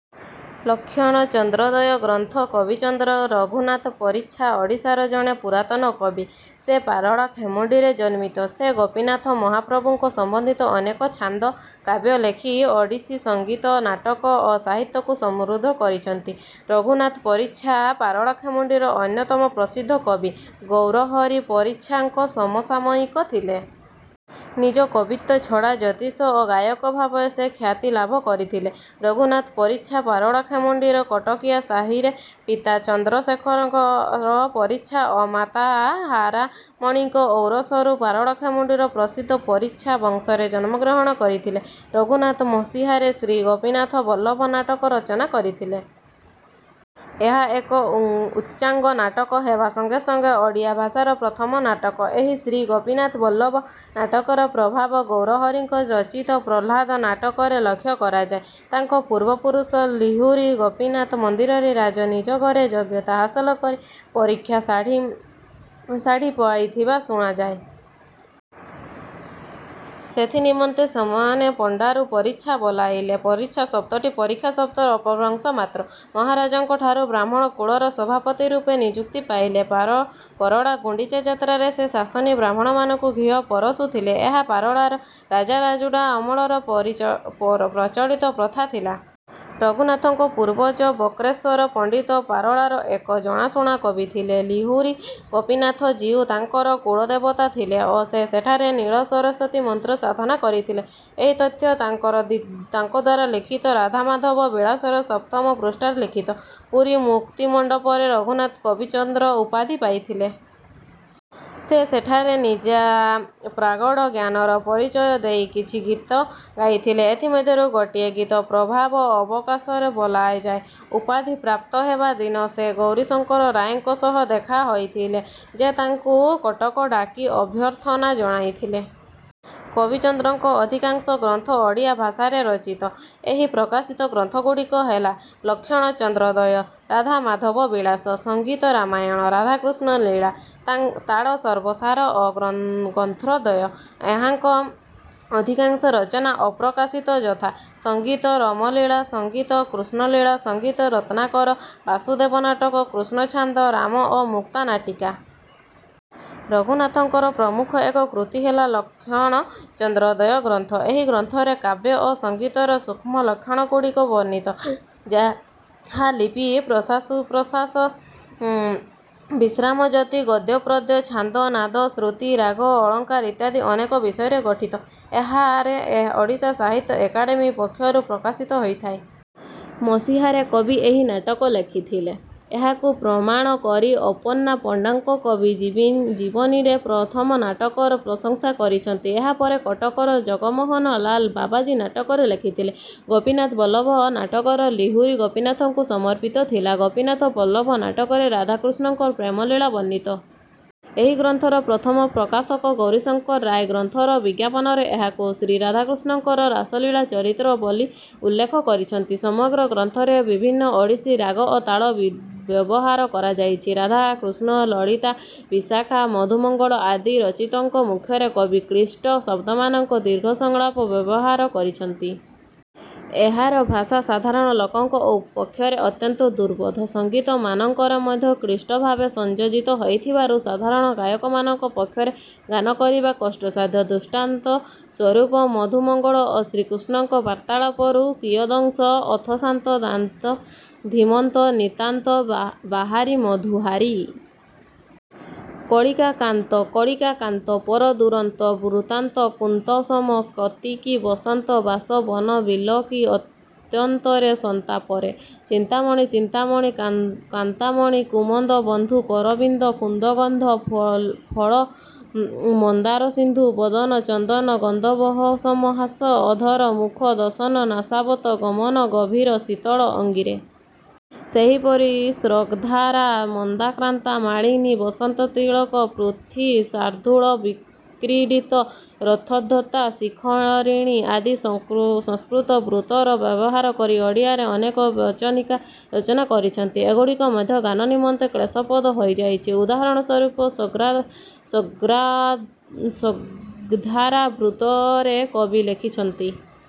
ଲକ୍ଷଣ ଚନ୍ଦ୍ରୋଦୟ ଗ୍ରନ୍ଥ କବିଚନ୍ଦ୍ର ରଘୁନାଥ ପରିଚ୍ଛା ଓଡ଼ିଶାର ଜଣେ ପୁରାତନ କବି। ସେ ପାରଳାଖେମୁଣ୍ଡିରେ ଜନ୍ମିତ। ସେ ଗୋପୀନାଥ ମହାପ୍ରଭୁଙ୍କ ସମ୍ବନ୍ଧିତ ଅନେକ ଛାନ୍ଦ, କାବ୍ୟ ଲେଖି ଓଡ଼ିଶୀ ସଙ୍ଗୀତ, ନାଟକ ଓ ସାହିତ୍ୟ କୁ ସମୃଦ୍ଧ କରିଛନ୍ତି। ରଘୁନାଥ ପରିଚ୍ଛା ପାରଳାଖେମୁଣ୍ଡିର ଅନ୍ୟତମ ପ୍ରସିଦ୍ଧ କବି ଗୌରହରି ପରିଚ୍ଛା ଙ୍କ ସମସାମୟିକ ଥିଲେ। ନିଜ କବିତ୍ୱ ଛଡ଼ା ଜ୍ୟୋତିଷ ଓ ଗାୟକ ଭାବେ ସେ ଖ୍ୟାତି ଲାଭ କରିଥିଲେ। ରଘୁନାଥ ପରିଚ୍ଛା ପାରଳାଖେମୁଣ୍ଡିର କଟକିଆ ସାହିରେ ପିତା ଚନ୍ଦ୍ରଶେଖର ପରିଚ୍ଛା ଓ ମାତା ହାରାମଣୀଙ୍କ ଔରସରୁ ପାରଳାଖେମୁଣ୍ଡିର ପ୍ରସିଦ୍ଧ 'ପରିଚ୍ଛା' ବଂଶରେ ଜନ୍ମଗ୍ରହଣ କରିଥିଲେ। ରଘୁନାଥ ମସିହାରେ ଶ୍ରୀ ଗୋପୀନାଥ ବଲ୍ଲଭ ନାଟକ ରଚନା କରିଥିଲେ। ଏହା ଏକ ଉଚ୍ଚାଙ୍ଗ ନାଟକ ହେବା ସଙ୍ଗେ ସଙ୍ଗେ ଓଡ଼ିଆ ଭାଷାର ପ୍ରଥମ ନାଟକ। ଏହି ଶ୍ରୀ ଗୋପୀନାଥ ବଲ୍ଲଭ ନାଟକର ପ୍ରଭାବ ଗୌରହରିଙ୍କ ରଚିତ ପ୍ରହ୍ଲାଦ ନାଟକରେ ଲକ୍ଷ୍ୟ କରାଯାଏ। ତାଙ୍କ ପୂର୍ବ ପୁରୁଷ ଲିହୁରି ଗୋପୀନାଥ ମନ୍ଦିରରେ ରାଜ ନିଯୋଗରେ ଯୋଗ୍ୟତା ହାସଲ କରି ପରିକ୍ଷା ଶାଢି ପାଇଥିବା ଶୁଣାଯାଏ। ସେଥି ନିମନ୍ତେ ସେମାନେ ପଣ୍ଡାରୁ ପରିଚ୍ଛା ବୋଲାଇଲେ। ପରିଚ୍ଛା ଶବ୍ଦଟି ପରୀକ୍ଷା ଶବ୍ଦର ଅପଭ୍ରଂଶ ମାତ୍ର। ମହାରାଜଙ୍କଠାରୁ ବ୍ରାହ୍ମଣ କୁଳର ସଭାପତି ରୂପେ ନିଯୁକ୍ତି ପାଇଥିଲେ। ପରଳା ଗୁଣ୍ଡିଚା ଯାତ୍ରାରେ ସେ ଶାସନୀ ବ୍ରାହ୍ମଣମାନଙ୍କୁ ଘିଅ ପରଷୁଥିଲେ। ଏହା ପାରଳାର ରଜାରାଜୁଡ଼ା ଅମଳର ପ୍ରଚଳିତ ପ୍ରଥା ଥିଲା। ରଘୁନାଥଙ୍କ ପୂର୍ବଜ ବକ୍ରେଶ୍ୱର ପଣ୍ଡିତ ପାରଳାର ଏକ ଜଣାଶୁଣା କବି ଥିଲେ। ଲିହୁରି ଗୋପୀନାଥ ଜୀଉ ତାଙ୍କର କୁଳଦେବତା ଥିଲେ ଓ ସେ ସେଠାରେ ନୀଳସରସ୍ୱତୀ ମନ୍ତ୍ର ସାଧନା କରିଥିଲେ। ଏହି ତଥ୍ୟ ତାଙ୍କଦ୍ୱାରା ଲିଖିତ 'ରାଧାମାଧାବ ବିଳାସ'ର ସପ୍ତମ ପୃଷ୍ଠାରେ ଲିଖିତ। ପୁରୀ ମୁକ୍ତିମଣ୍ଡପରେ ରଘୁନାଥ କବିଚନ୍ଦ୍ର ଉପାଧି ପାଇଥିଲେ। ସେ ସେଠାରେ ନିଜା ପ୍ରଗାଢ଼ ଜ୍ଞାନର ପରିଚୟ ଦେଇ କିଛି ଗୀତ ଗାଇଥିଲେ। ଏଥି ମଧ୍ୟରୁ ଗୋଟିଏ ଗୀତ ପ୍ରଭାତ ଅବକାଶରେ ବୋଲାଯାଏ। ଉପାଧି ପ୍ରାପ୍ତ ହେବା ଦିନ ସେ ଗୌରୀଶଙ୍କର ରାୟଙ୍କ ସହ ଦେଖା ହୋଇଥିଲେ, ଯେ ତାଙ୍କୁ କଟକ ଡାକି ଅଭ୍ୟର୍ଥନା ଜଣାଇଥିଲେ। କବିଚନ୍ଦ୍ରଙ୍କ ଅଧିକାଂଶ ଗ୍ରନ୍ଥ ଓଡ଼ିଆ ଭାଷାରେ ରଚିତ। ଏହି ପ୍ରକାଶିତ ଗ୍ରନ୍ଥଗୁଡ଼ିକ ହେଲା- ଲକ୍ଷଣଚନ୍ଦ୍ରୋଦୟ, ରାଧାମାଧବ ବିଳାସ, ସଙ୍ଗୀତ ରାମାୟଣ, ରାଧାକୃଷ୍ଣ ଲୀଳା, ତାଳ ସର୍ବସାର ଓ ଗ୍ରନ୍ଥୋଦୟ। ଏହାଙ୍କ ଅଧିକାଂଶ ରଚନା ଅପ୍ରକାଶିତ ଯଥା: ସଙ୍ଗୀତ ରାମଲୀଳା, ସଙ୍ଗୀତ କୃଷ୍ଣଲୀଳା, ସଙ୍ଗୀତ ରତ୍ନାକର, ବାସୁଦେବ ନାଟକ, କୃଷ୍ଣ ଛାନ୍ଦ, ରାମ ଓ ମୁକ୍ତା ନାଟିକା। ରଘୁନାଥଙ୍କର ପ୍ରମୁଖ ଏକ କୃତି ହେଲା ଲକ୍ଷଣ ଚନ୍ଦ୍ରୋଦୟ ଗ୍ରନ୍ଥ। ଏହି ଗ୍ରନ୍ଥରେ କାବ୍ୟ ଓ ସଙ୍ଗୀତର ସୂକ୍ଷ୍ମ ଲକ୍ଷଣଗୁଡ଼ିକ ବର୍ଣ୍ଣିତ। ଯାହା ଲିପି, ପ୍ରାସାନୁପ୍ରାସ, ବିଶ୍ରାମ ଯତି, ଗଦ୍ୟପଦ୍ୟ, ଛାନ୍ଦ, ନାଦ, ଶ୍ରୁତି, ରାଗ, ଅଳଙ୍କାର ଇତ୍ୟାଦି ଅନେକ ବିଷୟରେ ଗଠିତ। ଏହା ରେ ଓଡ଼ିଶା ସାହିତ୍ୟା ଏକାଡେମୀ ପକ୍ଷରୁ ପ୍ରକାଶିତ ହୋଇଥିଲା। ମସିହାରେ କବି ଏହି ନାଟକ ଲେଖିଥିଲେ। ଏହାକୁ ପ୍ରମାଣ କରି ଆପନ୍ନା ପଣ୍ଡାଙ୍କ 'କବି ଜୀବନି'ରେ ପ୍ରଥମ ନାଟକର ପ୍ରଶଂସା କରିଛନ୍ତି। ଏହା ପରେ କଟକର ଜଗମୋହନ ଲାଲ ବାବାଜୀ ନାଟକ ରେ ଲେଖିଥିଲେ। ଗୋପୀନାଥ ବଲ୍ଲଭ ନାଟକ ଲିହୁରି ଗୋପୀନାଥଙ୍କୁ ସମର୍ପିତ ଥିଲା। ଗୋପୀନାଥ ବଲ୍ଲଭ ନାଟକରେ ରାଧାକୃଷ୍ଣଙ୍କ ପ୍ରେମଲୀଳା ବର୍ଣ୍ଣିତ। ଏହି ଗ୍ରନ୍ଥର ପ୍ରଥମ ପ୍ରକାଶକ ଗୌରୀଶଙ୍କର ରାୟ ଗ୍ରନ୍ଥର ବିଜ୍ଞାପନରେ ଏହାକୁ 'ଶ୍ରୀରାଧାକୃଷ୍ଣଙ୍କର ରାସଲୀଳା ଚରିତ୍ର' ବୋଲି ଉଲ୍ଲେଖ କରିଛନ୍ତି। ସମଗ୍ର ଗ୍ରନ୍ଥରେ ବିଭିନ୍ନ ଓଡ଼ିଶୀ ରାଗ ଓ ତାଳ ବ୍ୟବହାର କରାଯାଇଛି। ରାଧା, କୃଷ୍ଣ, ଲଳିତା, ବିଶାଖା, ମଧୁମଙ୍ଗଳ ଆଦି ଚରିତ୍ରଙ୍କ ମୁଖରେ କବି କ୍ଳିଷ୍ଟ ଶବ୍ଦମାନଙ୍କର ଦୀର୍ଘ ସଂଳାପ ବ୍ୟବହାର କରିଛନ୍ତି। ଏହାର ଭାଷା ସାଧାରଣ ଲୋକଙ୍କ ପକ୍ଷରେ ଅତ୍ୟନ୍ତ ଦୁର୍ବୋଧ୍ୟ। ସଙ୍ଗୀତମାନଙ୍କରେ ମଧ୍ୟ କ୍ଳିଷ୍ଟ ଭାବେ ସଂଯୋଜିତ ହୋଇଥିବାରୁ ସାଧାରଣ ଗାୟକମାନଙ୍କ ପକ୍ଷରେ ଗାନ କରିବା କଷ୍ଟସାଧ୍ୟ। ଦୃଷ୍ଟାନ୍ତ ସ୍ୱରୂପ ମଧୁମଙ୍ଗଳ ଓ ଶ୍ରୀକୃଷ୍ଣଙ୍କ ବାର୍ତ୍ତାଳାପରୁ କିୟଦଂଶ: ଅଥ ଶାନ୍ତ ଦାନ୍ତ ଧୀମନ୍ତ ନିତାନ୍ତ ବିହାରି ମଧୁହାରି। କଳିକା କାନ୍ତ କଳିକା କାନ୍ତ ପର ଦୁରନ୍ତ ବୃତ୍ତାନ୍ତ କୁନ୍ତସମ କେତକୀ ବସନ୍ତ ବାସ ବନ ବିଲୋକି ଅତ୍ୟନ୍ତରେ ସନ୍ତାପରେ। ଚିନ୍ତାମଣି ଚିନ୍ତାମଣି କାନ୍ତାମଣି। କୁମୁଦ ବନ୍ଧୁ କରବିନ୍ଦ କୁନ୍ଦଗନ୍ଧ ଫଳ ମନ୍ଦାର ସିନ୍ଧୁ ବଦନ ଚନ୍ଦନ ଗନ୍ଧବହ ସମ ହାସ ଅଧର ମୁଖ ଦଶନ ନାସାବଦନ ଗମନ ଗଭୀର ଶୀତଳ ଅଙ୍ଗିରେ। ସେହିପରି ସ୍ରଗ୍ଧାରା, ମନ୍ଦାକ୍ରାନ୍ତା, ମାଳିନୀ, ବସନ୍ତତିଳକ, ପୃଥ୍ୱୀ, ଶାର୍ଦ୍ଦୂଳବିକ୍ରୀଡ଼ିତ, ରଥୋଦ୍ଧତା, ଶିଖରିଣୀ ଆଦି ସଂସ୍କୃତ ବୃତ୍ତର ବ୍ୟବହାର କରି ଓଡ଼ିଆରେ ଅନେକ ବଚନିକା ରଚନା କରିଛନ୍ତି। ଏଗୁଡ଼ିକ ମଧ୍ୟ ଗାନ ନିମନ୍ତେ କ୍ଳେଶପ୍ରଦ ହୋଇଯାଇଛି। ଉଦାହରଣ ସ୍ୱରୂପ ସ୍ରଗ୍ଧାରା ବୃତ୍ତରେ କବି ଲେଖିଛନ୍ତି:।